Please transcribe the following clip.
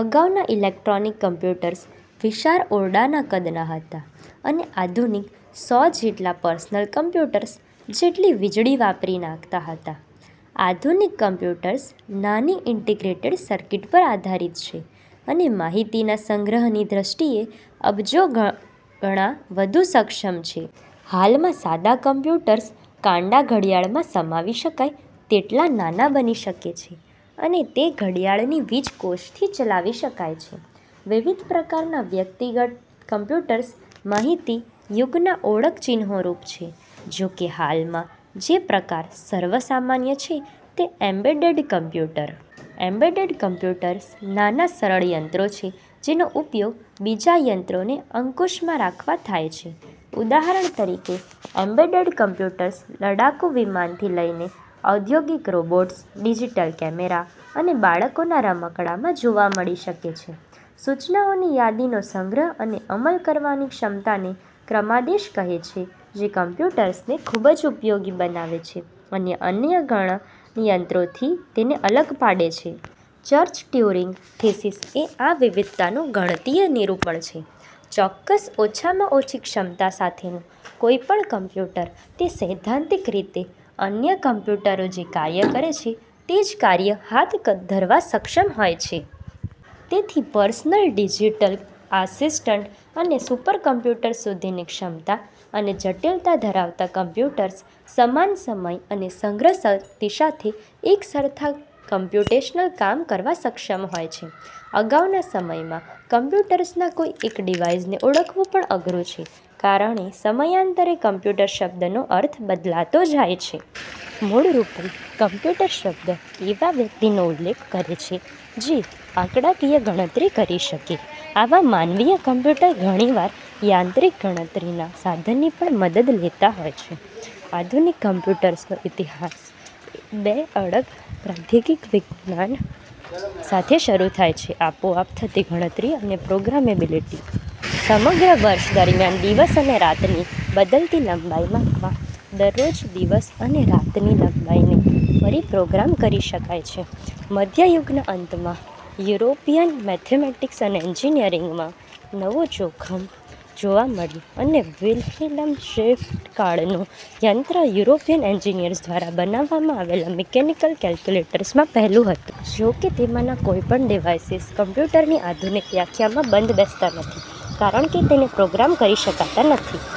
અગાઉના electronic computers વિશાળ ઓરડાના કદના હતાં, અને આધુનિક સો જેટલા પર્સનલ કમ્પ્યુટર્સ જેટલી વીજળી વાપરી નાખતા હતા. આધુનિક કમ્પ્યુટર્સ નાની ઇન્ટિગ્રેટેડ સર્કિટ પર આધારિત છે અને માહિતીના સંગ્રહની દ્રષ્ટિએ અબજોગણા વધુ સક્ષમ છે. હાલમાં, સાદા કમ્પ્યુટર્સ કાંડા ઘડિયાળમાં સમાવી શકાય તેટલા નાના બની શકે છે અને તે ઘડિયાળની વીજકોષ થી ચલાવી શકાય છે. વિવિધ પ્રકારના વ્યક્તિગત કમ્પ્યુટર્સ માહિતી યુગના ઓળખ ચિન્હોરૂપ છે, જોકે, હાલમાં જે પ્રકાર સર્વ સામાન્ય છે તે એમ્બેડેડ કમ્પ્યુટર. એમ્બેડેડ કમ્પ્યુટર્સ નાના સરળ યંત્રો છે જેનો ઉપયોગ બીજા યંત્રોને અંકુશમાં રાખવા થાય છે-ઉદાહરણ તરીકે, એમ્બેડેડ કમ્પ્યુટર્સ લડાકુ વિમાનથી લઇને ઔદ્યોગિક રોબોટ્સ, ડિજિટલ કેમેરા અને બાળકોના રમકડાંમાં જોવા મળી શકે છે. સૂચનાઓની યાદીનો સંગ્રહ અને અમલ કરવાની ક્ષમતાને ક્રમાદેશ કહે છે જે કમ્પ્યુટર્સને ખુબજ ઉપયોગી બનાવે છે અને અન્ય ગણનયંત્રોથી થી તેને અલગ પાડે છે. ચર્ચ-ટ્યુરિંગ થિસીસ એ આ વિવિધતાનું ગણીતીય નિરૂપણ છેઃ ચોક્કસ ઓછામાં ઓછી ક્ષમતા સાથેનું કોઇ પણ કમ્પ્યુટર તે સૈદ્ધાંતિક રીતે અન્ય કમ્પ્યુટરો જે કાર્ય કરે છે તે જ કાર્ય હાથ ધરવા સક્ષમ હોય છે. તેથી, પર્સનલ ડિજિટલ આસિસ્ટંટ અને સુપરકમ્પ્યુટર સુધીની ક્ષમતા અને જટિલતા ધરાવતા કમ્પ્યુટર્સ સમાન સમય અને સંગ્રહ શક્તિ સાથે એક સરખા કમ્પ્યુટેશનલ કામ કરવા સક્ષમ હોય છે. અગાઉના સમયનાં કમ્પ્યુટર્સનાં કોઇ એક ડિવાઇઝને ઓળખવુ પણ અઘરૂ છે કારણે સમયાંતરે "કમ્પ્યુટર" શબ્દનો અર્થ બદલાતો જાય છે. મૂળરૂપે, "કમ્પ્યુટર" શબ્દ એવા વ્યક્તિનો ઉલ્લેખ કરે છે જે આંકડાકીય ગણતરી કરી શકે આવા માનવીય કમ્પ્યુટર ઘણીવાર યાંત્રિક ગણતરીના સાધનની પણ મદદ લેતા હોય છે. આધુનિક કમ્પ્યુટરનો ઇતિહાસ બે અળગ પ્રાવૈધિક વિજ્ઞાન સાથે શરૂ થાય છે આપોઆપ થતી ગણતરી અને પ્રોગ્રામેબિલિટી. સમગ્ર વર્ષ દરમિયાન દિવસ અને રાતની બદલતી લંબાઇ માપવા દરરોજ દિવસ અને રાતની લંબાઇને ફરી પ્રોગ્રામ કરી શકાય છે. મધ્ય યુગના અંતમાં યુરોપિયન મેથેમેટિક્સ અને એન્જિનિયરીંગમાં નવું જોમ જોવા મળ્યું, અને વિલ્હેલ્મ શિકાર્ડનું યંત્ર યુરોપિયન એન્જિનીયર્સ દ્વારા બનાવવામાં આવેલા મિકેનિકલ કેલ્ક્યુલેટર્સમાં પહેલુ હતું. જોકે, તેમાનાં કોઇપણ ડિવાઇઝિસ કમ્પ્યુટરની આધુનિક વ્યાખ્યામાં બંધ બેસતા નથી કારણ કે તેને પ્રોગ્રામ કરી શકાતા નથી.